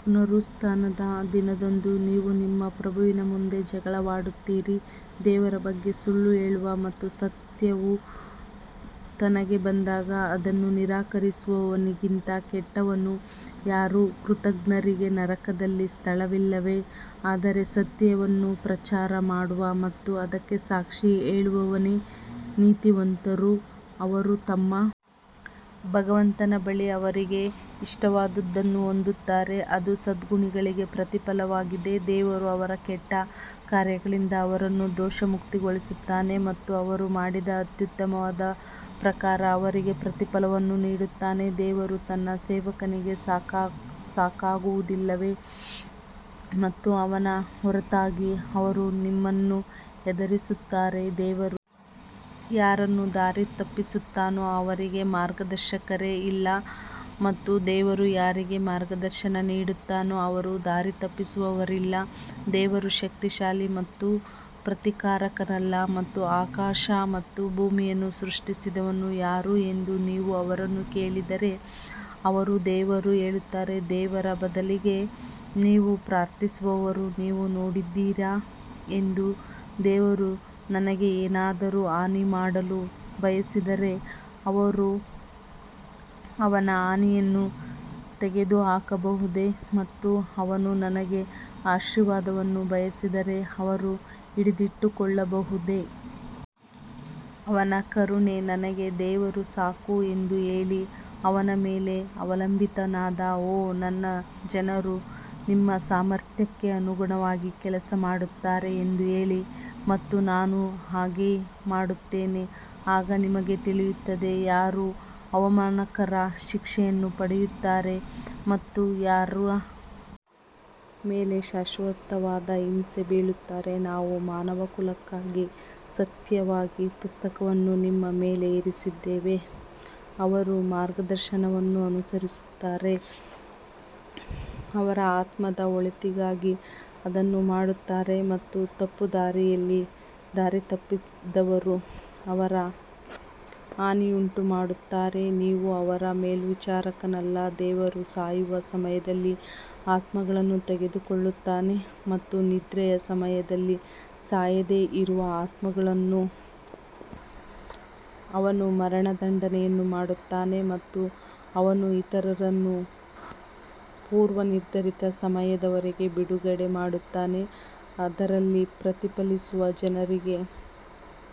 ಪುನರುತ್ಥಾನದ ದಿನದಂದು ನೀವು ನಿಮ್ಮ ಪ್ರಭುವಿನ ಮುಂದೆ ಜಗಳವಾಡುತ್ತೀರಿ ದೇವರ ಬಗ್ಗೆ ಸುಳ್ಳು ಹೇಳುವ ಮತ್ತು ಸತ್ಯವು ತನಗೆ ಬಂದಾಗ ಅದನ್ನು ನಿರಾಕರಿಸುವವನಿಗಿಂತ ಕೆಟ್ಟವನು ಯಾರು? ಕೃತಘ್ನರಿಗೆ ನರಕದಲ್ಲಿ ಸ್ಥಳವಿಲ್ಲವೇ? ಆದರೆ ಸತ್ಯವನ್ನು ಪ್ರಚಾರ ಮಾಡುವ ಮತ್ತು ಅದಕ್ಕೆ ಸಾಕ್ಷಿ ಹೇಳುವವನೇ ನೀತಿವಂತರು ಅವರು ತಮ್ಮ ಭಗವಂತನ ಬಳಿ ಅವರಿಗೆ ಇಷ್ಟವಾದದ್ದನ್ನು ಹೊಂದುತ್ತಾರೆ, ಅದು ಸದ್ಗುಣಿಗಳಿಗೆ ಪ್ರತಿಫಲವಾಗಿದೆ ದೇವರು ಅವರ ಕೆಟ್ಟ ಕಾರ್ಯಗಳಿಂದ ಅವರನ್ನು ದೋಷಮುಕ್ತಗೊಳಿಸುತ್ತಾನೆ ಮತ್ತು ಅವರು ಮಾಡಿದ ಅತ್ಯುತ್ತಮವಾದ ಪ್ರಕಾರ ಅವರಿಗೆ ಪ್ರತಿಫಲವನ್ನು ನೀಡುತ್ತಾನೆ ದೇವರು ತನ್ನ ಸೇವಕನಿಗೆ ಸಾಕಾಗುವುದಿಲ್ಲವೇ ಮತ್ತು ಅವನ ಹೊರತಾಗಿ ಅವರು ನಿಮ್ಮನ್ನು ಹೆದರಿಸುತ್ತಾರೆ, ದೇವರು ಯಾರನ್ನು ದಾರಿತಪ್ಪಿಸುತ್ತಾನೋ ಅವನಿಗೆ ಮಾರ್ಗದರ್ಶಕರೇ ಇಲ್ಲ ಮತ್ತು ದೇವರು ಯಾರಿಗೆ ಮಾರ್ಗದರ್ಶನ ನೀಡುತ್ತಾನೋ ಅವರನ್ನು ದಾರಿತಪ್ಪಿಸುವವರಿಲ್ಲ, ದೇವರು ಶಕ್ತಿಶಾಲಿ ಮತ್ತು ಪ್ರತೀಕಾರಕನಲ್ಲ ಮತ್ತು ಆಕಾಶ ಮತ್ತು ಭೂಮಿಯನ್ನು ಸೃಷ್ಟಿಸಿದವರು ಯಾರು ಎಂದು ನೀವು ಅವರನ್ನು ಕೇಳಿದರೆ, ಅವರು ದೇವರು ಹೇಳುತ್ತಾರೆ, ದೇವರ ಬದಲಿಗೆ ನೀವು ಪ್ರಾರ್ಥಿಸುವವರನ್ನು ನೀವು ನೋಡಿದ್ದೀರಾ ಎಂದು ದೇವರು ನನಗೆ ಏನಾದರೂ ಹಾನಿ ಮಾಡಲು ಬಯಸಿದರೆ ಅವರು ಅವನ ಹಾನಿಯನ್ನು ತೆಗೆದುಹಾಕಬಹುದೇ ಮತ್ತು ಅವನು ನನಗೆ ಆಶೀರ್ವಾದವನ್ನು ಬಯಸಿದರೆ ಅವರು ಹಿಡಿದಿಟ್ಟುಕೊಳ್ಳಬಹುದೇ? ಅವನ ಕರುಣೆ ನನಗೆ ದೇವರು ಸಾಕು ಎಂದು ಹೇಳಿ ಅವನ ಮೇಲೆ ಅವಲಂಬಿತನಾದ ಓ ನನ್ನ ಜನರು ನಿಮ್ಮ ಸಾಮರ್ಥ್ಯಕ್ಕೆ ಅನುಗುಣವಾಗಿ ಕೆಲಸ ಮಾಡುತ್ತಾರೆ ಎಂದು ಹೇಳಿ ಮತ್ತು ನಾನು ಹಾಗೆ ಮಾಡುತ್ತೇನೆ ಆಗ ನಿಮಗೆ ತಿಳಿಯುತ್ತದೆ ಯಾರು ಅವಮಾನಕರ ಶಿಕ್ಷೆಯನ್ನು ಪಡೆಯುತ್ತಾರೆ ಮತ್ತು ಯಾರ ಮೇಲೆ ಶಾಶ್ವತವಾದ ಹಿಂಸೆ ಬೀಳುತ್ತಾರೆ ನಾವು ಮಾನವಕುಲಕ್ಕಾಗಿ ಸತ್ಯವಾಗಿ ಪುಸ್ತಕವನ್ನು ನಿಮ್ಮ ಮೇಲೆ ಇಳಿಸಿದ್ದೇವೆ, ಅವರು ಮಾರ್ಗದರ್ಶನವನ್ನು ಅನುಸರಿಸುತ್ತಾರೆ ಅವರ ಆತ್ಮದ ಒಳಿತಿಗಾಗಿ ಅದನ್ನು ಮಾಡುತ್ತಾರೆ ಮತ್ತು ತಪ್ಪುದಾರಿಯಲ್ಲಿ ದಾರಿತಪ್ಪಿದವರು ಅದರ ಹಾನಿಯನ್ನುಂಟುಮಾಡುತ್ತಾರೆ ನೀವು ಅವರ ಮೇಲ್ವಿಚಾರಕನಲ್ಲ ದೇವರು ಸಾಯುವ ಸಮಯದಲ್ಲಿ ಆತ್ಮಗಳನ್ನು ತೆಗೆದುಕೊಳ್ಳುತ್ತಾನೆ ಮತ್ತು ನಿದ್ರೆಯ ಸಮಯದಲ್ಲಿ ಸಾಯದೆ ಇರುವ ಆತ್ಮಗಳನ್ನು ಅವನು ಮರಣದಂಡನೆಯನ್ನು ಮಾಡುತ್ತಾನೆ ಮತ್ತು ಅವನು ಇತರರನ್ನು ಪೂರ್ವನಿರ್ಧರಿತ ಸಮಯದವರೆಗೆ ಬಿಡುಗಡೆ ಮಾಡುತ್ತಾನೆ, ಅದರಲ್ಲಿ ಪ್ರತಿಫಲಿಸುವ ಜನರಿಗೆ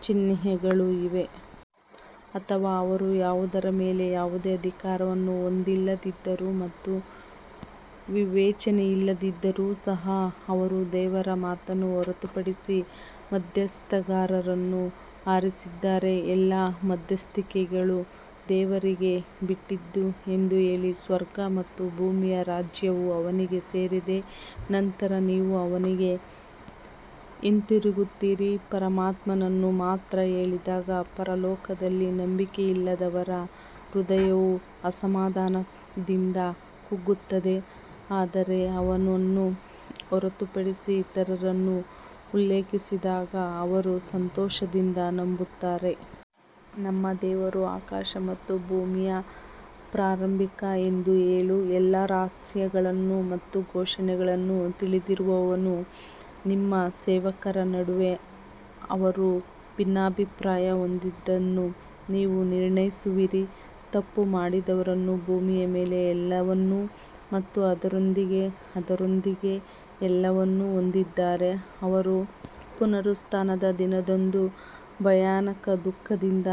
ಚಿಹ್ನೆಗಳು ಇವೆ. ಅಥವಾ ಅವರು ಯಾವುದರ ಮೇಲೆ ಯಾವುದೇ ಅಧಿಕಾರವನ್ನು ಹೊಂದಿಲ್ಲದಿದ್ದರೂ ಮತ್ತು ವಿವೇಚನೆಯಿಲ್ಲದಿದ್ದರೂ ಸಹ ಅವರು ದೇವರ ಮಾತನ್ನು ಹೊರತುಪಡಿಸಿ ಮಧ್ಯಸ್ಥಗಾರರನ್ನು ಆರಿಸಿದ್ದಾರೆ ಎಲ್ಲಾ ಮಧ್ಯಸ್ಥಿಕೆಗಳು ದೇವರಿಗೆ ಬಿಟ್ಟದ್ದು ಎಂದು ಹೇಳಿ ಸ್ವರ್ಗ ಮತ್ತು ಭೂಮಿಯ ರಾಜ್ಯವು ಅವನಿಗೆ ಸೇರಿದೆ ನಂತರ ನೀವು ಅವನಿಗೆ ಹಿಂತಿರುಗುತ್ತೀರಿ ಪರಮಾತ್ಮನನ್ನು ಮಾತ್ರ ಹೇಳಿದಾಗ ಪರಲೋಕದಲ್ಲಿ ನಂಬಿಕೆಯಿಲ್ಲದವರ ಹೃದಯವು ಅಸಮಾಧಾನದಿಂದ ಕುಗ್ಗುತ್ತದೆ ಆದರೆ ಅವನನ್ನು ಹೊರತುಪಡಿಸಿ ಇತರರನ್ನು ಉಲ್ಲೇಖಿಸಿದಾಗ ಅವರು ಸಂತೋಷದಿಂದ ತುಂಬುತ್ತಾರೆ. ನಮ್ಮ ದೇವರು ಆಕಾಶ ಮತ್ತು ಭೂಮಿಯ ಪ್ರಾರಂಭಿಕ ಎಂದು ಹೇಳು, ಎಲ್ಲಾ ರಹಸ್ಯಗಳು ಮತ್ತು ಘೋಷಣೆಗಳನ್ನು ತಿಳಿದಿರುವವನು ನಿಮ್ಮ ಸೇವಕರ ನಡುವೆ ಅವರು ಭಿನ್ನಾಭಿಪ್ರಾಯ ಹೊಂದಿದ್ದನ್ನು ನೀವು ನಿರ್ಣಯಿಸುವಿರಿ. ತಪ್ಪು ಮಾಡಿದವರು ಭೂಮಿಯ ಮೇಲಿನ ಎಲ್ಲವನ್ನೂ ಮತ್ತು ಅದರೊಂದಿಗೆ ಅದರೊಂದಿಗೆ ಎಲ್ಲವನ್ನೂ ಹೊಂದಿದ್ದರೆ ಅವರು ಪುನರುತ್ಥಾನದ ದಿನದಂದು ಭಯಾನಕ ದುಃಖದಿಂದ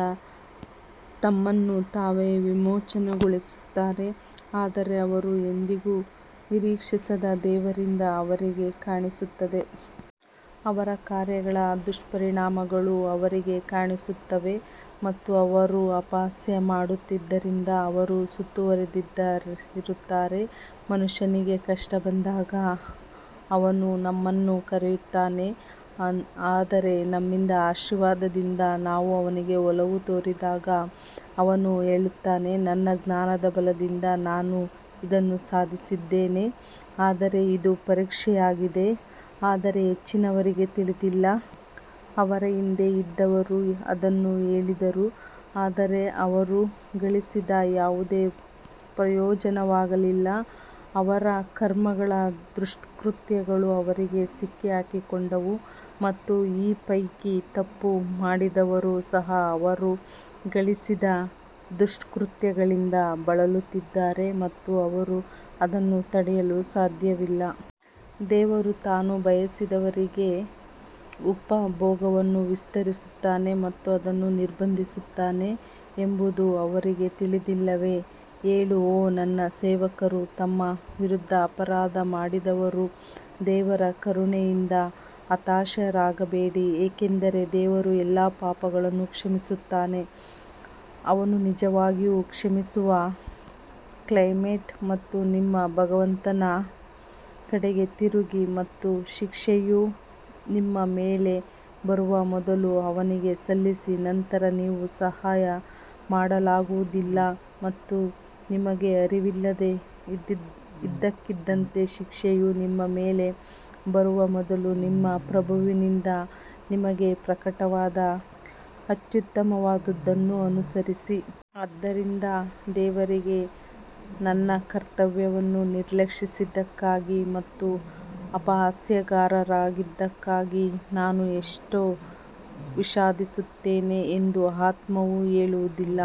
ತಮ್ಮನ್ನು ತಾವು ವಿಮೋಚನೆಗೊಳಿಸುತ್ತಾರೆ ಆದರೆ ಅವರು ಎಂದಿಗೂ ನಿರೀಕ್ಷಿಸದ ದೇವರಿಂದ ಅವರಿಗೆ ಕಾಣಿಸುತ್ತದೆ. ಅವರ ಕಾರ್ಯಗಳ ದುಷ್ಪರಿಣಾಮಗಳು ಅವರಿಗೆ ಕಾಣಿಸುತ್ತವೆ ಮತ್ತು ಅವರು ಅಪಹಾಸ್ಯ ಮಾಡುತ್ತಿದ್ದರಿಂದ ಅವರು ಸುತ್ತುವರೆದಿರುತ್ತಾರೆ. ಮನುಷ್ಯನಿಗೆ ಕಷ್ಟ ಬಂದಾಗ ಅವನು ನಮ್ಮನ್ನು ಕರೆಯುತ್ತಾನೆ ಆದರೆ ನಮ್ಮಿಂದ ಆಶೀರ್ವಾದದಿಂದ ನಾವು ಅವನಿಗೆ ಒಲವು ತೋರಿದಾಗ ಅವನು ಹೇಳುತ್ತಾನೆ ನನ್ನ ಜ್ಞಾನದ ಬಲದಿಂದ ನಾನು ಇದನ್ನು ಸಾಧಿಸಿದ್ದೇನೆ ಆದರೆ ಇದು ಪರೀಕ್ಷೆಯಾಗಿದೆ ಆದರೆ ಹೆಚ್ಚಿನವರಿಗೆ ತಿಳಿದಿಲ್ಲ ಅವರ ಹಿಂದೆ ಇದ್ದವರು ಅದನ್ನು ಹೇಳಿದರು ಆದರೆ ಅವರು ಗಳಿಸಿದ ಯಾವುದೇ ಪ್ರಯೋಜನವಾಗಲಿಲ್ಲ ಅವರ ಕರ್ಮಗಳ ದುಷ್ಕೃತ್ಯಗಳು ಅವರಿಗೆ ಸಿಕ್ಕಿಹಾಕಿಕೊಂಡವು ಮತ್ತು ಈ ಪೈಕಿ ತಪ್ಪು ಮಾಡುವವರು ಸಹ ಅವರು ಗಳಿಸಿದ ದುಷ್ಕೃತ್ಯಗಳಿಂದ ಬಳಲುತ್ತಿದ್ದಾರೆ ಮತ್ತು ಅವರು ಅದನ್ನು ತಡೆಯಲು ಸಾಧ್ಯವಿಲ್ಲ. ದೇವರು ತಾನು ಬಯಸಿದವರಿಗೆ ಉಪಭೋಗವನ್ನು ವಿಸ್ತರಿಸುತ್ತಾನೆ ಮತ್ತು ಅದನ್ನು ನಿರ್ಬಂಧಿಸುತ್ತಾನೆ ಎಂಬುದು ಅವರಿಗೆ ತಿಳಿದಿಲ್ಲವೇ? ಹೇಳು ಓ ನನ್ನ ಸೇವಕರು ತಮ್ಮ ವಿರುದ್ಧ ಅಪರಾಧ ಮಾಡಿದವರು ದೇವರ ಕರುಣೆಯಿಂದ ಹತಾಶರಾಗಬೇಡಿ ಏಕೆಂದರೆ ದೇವರು ಎಲ್ಲಾ ಪಾಪಗಳನ್ನು ಕ್ಷಮಿಸುತ್ತಾನೆ, ಅವನು ನಿಜವಾಗಿಯೂ ಕ್ಷಮಿಸುವ ಕ್ಲೆಮೆಂಟ್ ಮತ್ತು ನಿಮ್ಮ ಭಗವಂತನ ಕಡೆಗೆ ತಿರುಗಿ ಮತ್ತು ಶಿಕ್ಷೆಯು ನಿಮ್ಮ ಮೇಲೆ ಬರುವ ಮೊದಲು ಅವನಿಗೆ ಸಲ್ಲಿಸಿ ನಂತರ ನೀವು ಸಹಾಯ ಮಾಡಲಾಗುವುದಿಲ್ಲ ಮತ್ತು ನಿಮಗೆ ಅರಿವಿಲ್ಲದೆ ಇದ್ದಕ್ಕಿದ್ದಂತೆ ಶಿಕ್ಷೆಯು ನಿಮ್ಮ ಮೇಲೆ ಬರುವ ಮೊದಲು ನಿಮ್ಮ ಪ್ರಭುವಿನಿಂದ ನಿಮಗೆ ಪ್ರಕಟವಾದ ಅತ್ಯುತ್ತಮವಾದದ್ದನ್ನು ಅನುಸರಿಸಿ. ಆದ್ದರಿಂದ ದೇವರಿಗೆ ನನ್ನ ಕರ್ತವ್ಯವನ್ನು ನಿರ್ಲಕ್ಷಿಸಿದ್ದಕ್ಕಾಗಿ ಮತ್ತು ಅಪಹಾಸ್ಯಗಾರರಾಗಿದ್ದಕ್ಕಾಗಿ ನಾನು ಎಷ್ಟು ವಿಷಾದಿಸುತ್ತೇನೆ ಎಂದು ಆತ್ಮವು ಹೇಳುವುದಿಲ್ಲ.